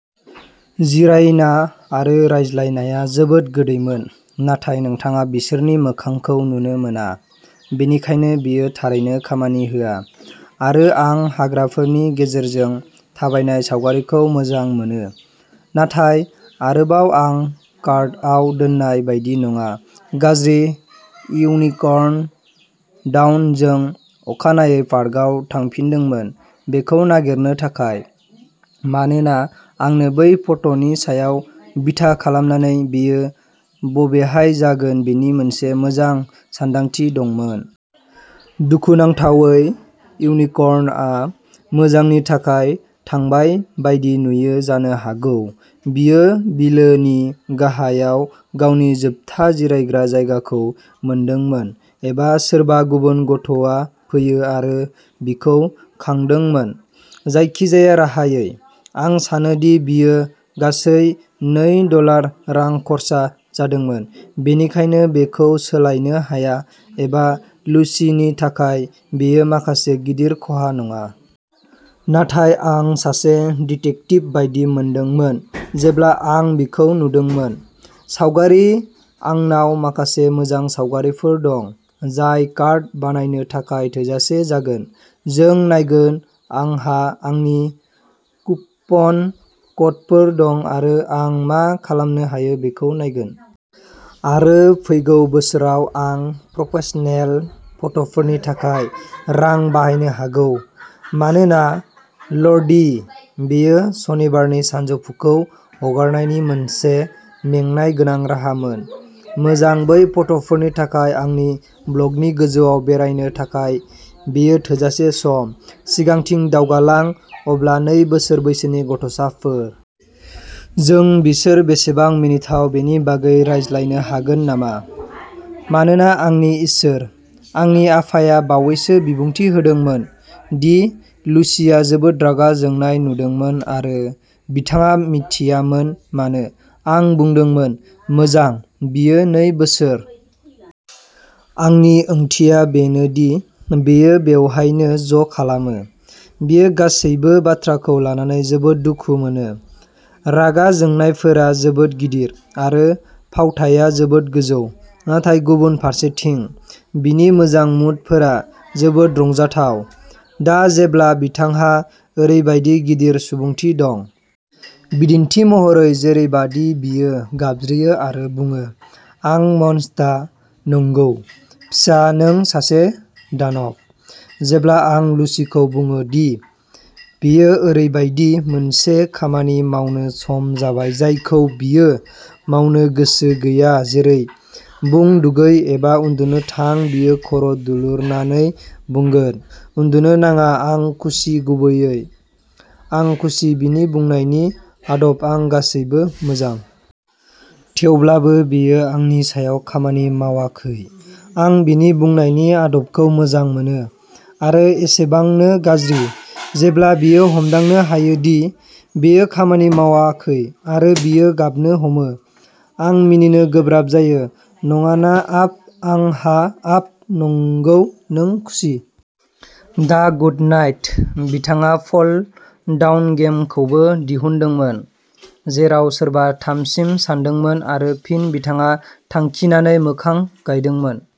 जिरायना आरो रायज्लायनाया जोबोद गोदैमोन, नाथाय नोंथाङा बिसोरनि मोखांखौ नुनो मोना, बेनिखायनो बेयो थारैनो खामानि होआ। आरो आं हाग्राफोरनि गेजेरजों थाबायनाय सावगारिखौ मोजां मोनो, नाथाय आरोबाव आं कार्डआव दोननाय बायदि नङा। गाज्रि इउनिकर्न डाउन जों अखानायै पार्कआव थांफिनदोंमोन बेखौ नागिरनो थाखाय, मानोना आंनो बै फट'नि सायाव बिथा खालामनानै बेयो बबेहाय जागोन बेनि मोनसे मोजां सानदांथि दंमोन। दुखुनांथावै, इउनिकर्नआ मोजांनि थाखाय थांबाय बायदि नुयो जानो हागौ बियो बिलोनि गाहायाव गावनि जोबथा जिरायग्रा जायगाखौ मोनदोंमोन एबा सोरबा गुबुन गथ'आ फैयो आरो बिखौ खांदोंमोन। जायखिजाया राहायै, आं सानोदि बियो गासै नै डलार रां खर्सा जादोंमोन, बेनिखायनो बेखौ सोलायनो हाया एबा लुसिनि थाखाय बेयो माखासे गिदिर खहा नङा। नाथाय आं सासे डिटेक्टिभ बायदि मोनदोंमोन जेब्ला आं बिखौ नुदोंमोन। सावगारि आंनाव माखासे मोजां सावगारिफोर दं, जाय कार्ड बानायनो थाखाय थोजासे जागोन। जों नायगोन आंहा आंनि कुपन क'डफोर दं आरो आं मा खालामनो हायो बेखौ नायगोन। आरो फैगौ बोसोराव, आं प्रफेशनेल फट'फोरनि थाखाय रां बाहायनो हागौ। मानोना ल'र्डि, बेयो सनिबारनि सानजौफुखौ हगारनायनि मोनसे मेंनाय गोनां राहामोन। मोजां, बै फट'फोरनि थाखाय आंनि ब्लगनि गोजौआव बेरायनो थाखाय बेयो थोजासे सम। सिगांथिं दावगालां अब्ला नै बोसोर बैसोनि गथ'साफोर। जों बिसोर बेसेबां मिनिथाव बेनि बागै रायज्लायनो हागोन नामा? मानोना आंनि इसोर। आंनि आफाया बावैसो बिबुंथि होदोंमोन दि लुसिआ जोबोद रागा जोंनाय नुदोंमोन आरो बिथाङा मिथियामोन मानो। आं बुंदोंमोन, मोजां। बियो नै बोसोर। आंनि ओंथिया बेनो दि बेयो बेवहायनो ज'खालामो। बियो गासैबो बाथ्राखौ लानानै जोबोद दुखु मोनो। रागा जोंनायफोरा जोबोद गिदिर, आरो फावथाया जोबोद गोजौ। नाथाय गुबुन फारसेथिं, बिनि मोजां मुडफोरा जोबोद रंजाथाव। दा जेब्ला बिथांहा ओरैबायदि गिदिर सुबुंथि दं। बिदिन्थि महरै जेरैबादि बियो गाबज्रियो आरो बुङो, आं मन्सता नंगौ, फिसा, नों सासे दानब। जेब्ला आं लुसिखौ बुङो दि बेयो ओरैबायदि मोनसे खामानि मावनो सम जाबाय जायखौ बियो मावनो गोसो गैया जेरै, बुं, दुगै एबा उन्दुनो थां बियो खर' दुलुरनानै बुंगोन, उन्दुनो नाङा आं खुसि गुबैयै, आं खुसि बिनि बुंनायनि आदब आं गासैबो मोजां। थेवब्लाबो बेयो आंनि सायाव खामानि मावाखै, आं बिनि बुंनायनि आदबखौ मोजां मोनो। आरो एसेबांनो गाज्रि, जेब्ला बियो हमदांनो हायो दि बेयो खामानि मावाखै आरो बियो गाबनो हमो, आं मिनिनो गोब्राब जायो। नङा ना आप आं हा आप नंगौ, नों खुसि। दा गुडनाइट। बिथाङा फल-डाउन गेम खौबो दिहुनदोंमोन, जेराव सोरबा थामसिम सानदोंमोन आरो फिन बिथाङा थांखिनानै मोखां गायदोंमोन।